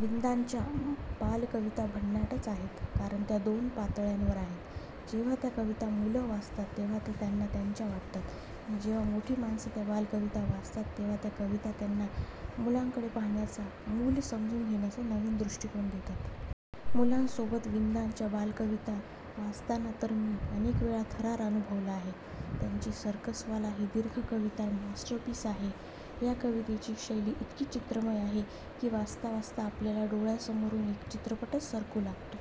विंदांच्या बालकविता भन्नाटच आहेत. कारण त्या दोन पातळ्यांवर आहेत. जेव्हा त्या कविता मुलं वाचतात तेव्हा त्या त्यांना त्यांच्या वाटतात. आणि जेव्हा मोठी माणसं त्या बालकविता वाचतात तेव्हा त्या कविता त्यांना मुलांकडे पाहण्याचा, मूल समजून घेण्याचा नवीन दृष्टिकोन देतात. मुलांसोबत विंदांच्या बालकविता वाचताना तर मी अनेकवेळा थरार अनुभवला आहे. त्यांची सर्कसवाला ही दीर्घ कविता तर मास्टरपीस आहे. या कवितेची शैली इतकी चित्रमय आहे की वाचता वाचता आपल्या डोळ्यांसमोरून एक चित्रपटच सरकू लागतो.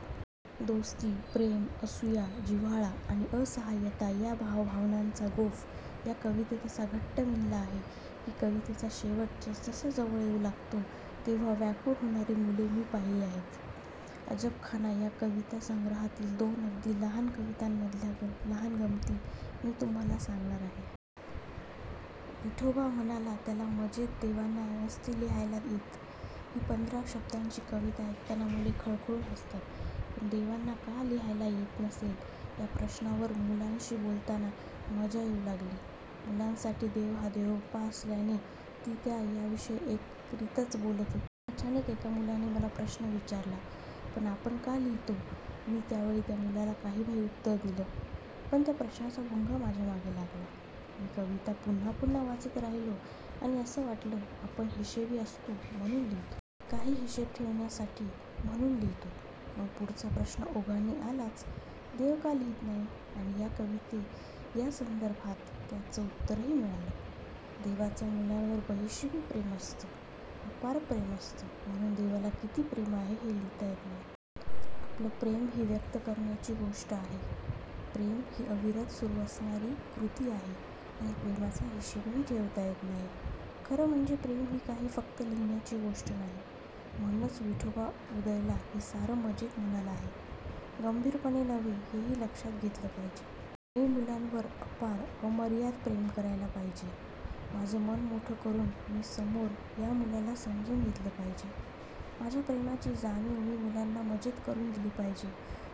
दोस्ती, प्रेम, असूया, जिव्हाळा आणि असाहाय्यता या भावभावनांचा गोफ या कवितेत असा घट्ट विणला आहे की, कवितेचा शेवट जसजसा जवळ येऊ लागतो तेव्हा व्याकूळ होणारी मुले मी पाहिली आहेत. अजबखाना या कविता संग्रहातील दोन अगदी लहान कवितांमधल्या महान गमती मी तुम्हांला सांगणार आहे. विठोबा म्हणाला त्याला मजेत, देवांना नसते लिहायला येत! ही पंधरा शब्दांची कविता ऐकताना मुले खळखळून हसतात. पण देवांना का लिहायला येत नसेल? या प्रश्नावर मुलांशी बोलताना मजा येऊ लागली. मुलांसाठी देव हा देवबाप्पा असल्याने ती त्या याविषयी एकेरीतच बोलत होती. अचानक एका मुलाने मला प्रश्न विचारला, पण आपण का लिहितो? मी त्यावेळी त्या मुलाला काहीबाही उत्तर दिलं. पण त्या प्रश्नाचा भुंगा माझ्यामागे लागला. मी कविता पुन्हा पुन्हा वाचत राहिलो आणि असं वाटलं, आपण हिशेबी असतो म्हणून लिहितो. काही हिशेब ठेवण्यासाठी म्हणून लिहितो. मग पुढचा प्रश्न ओघाने आलाच. देव का लिहीत नाही? आणि या कविते या संदर्भात त्याचं उत्तरही मिळालं. देवाचं मुलांवर बेहिशेबी प्रेम असतं, अपार प्रेम असतं म्हणून देवाला किती प्रेम आहे हे लिहिता येत नाही. आपलं प्रेम ही व्यक्त करण्याची गोष्ट आहे, प्रेम ही अविरत सुरू असणारी कृती आहे आणि प्रेमाचा हिशेबही ठेवता येत नाही. खरं म्हणजे, प्रेम ही काही फक्त लिहिण्याची गोष्ट नाही. म्हणूनच विठोबा उदयला हे सारं मजेत म्हणाला आहे, गंभीरपणे नव्हे, हेही लक्षात घेतलं पाहिजे. मी मुलांवर अपार, अमर्याद प्रेम करायला पाहिजे. माझं मन मोठं करून मी समोर या मुलाला समजून घेतलं पाहिजे. माझ्या प्रेमाची जाणीव मी मुलांना मजेत करून दिली पाहिजे,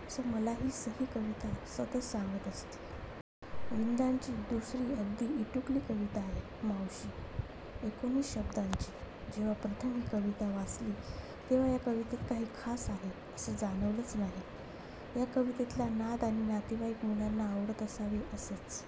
असं मला ही सही कविता सतत सांगत असते. विंदांची दुसरी अगदी इटुकली कविता आहे, मावशी. एकोणीस शब्दांची! जेव्हा प्रथम ही कविता वाचली तेव्हा या कवितेत काही खास आहे, असं जाणवलंच नाही. या कवितेतला नाद आणि नातेवाईक मुलांना आवडत असावेत असंच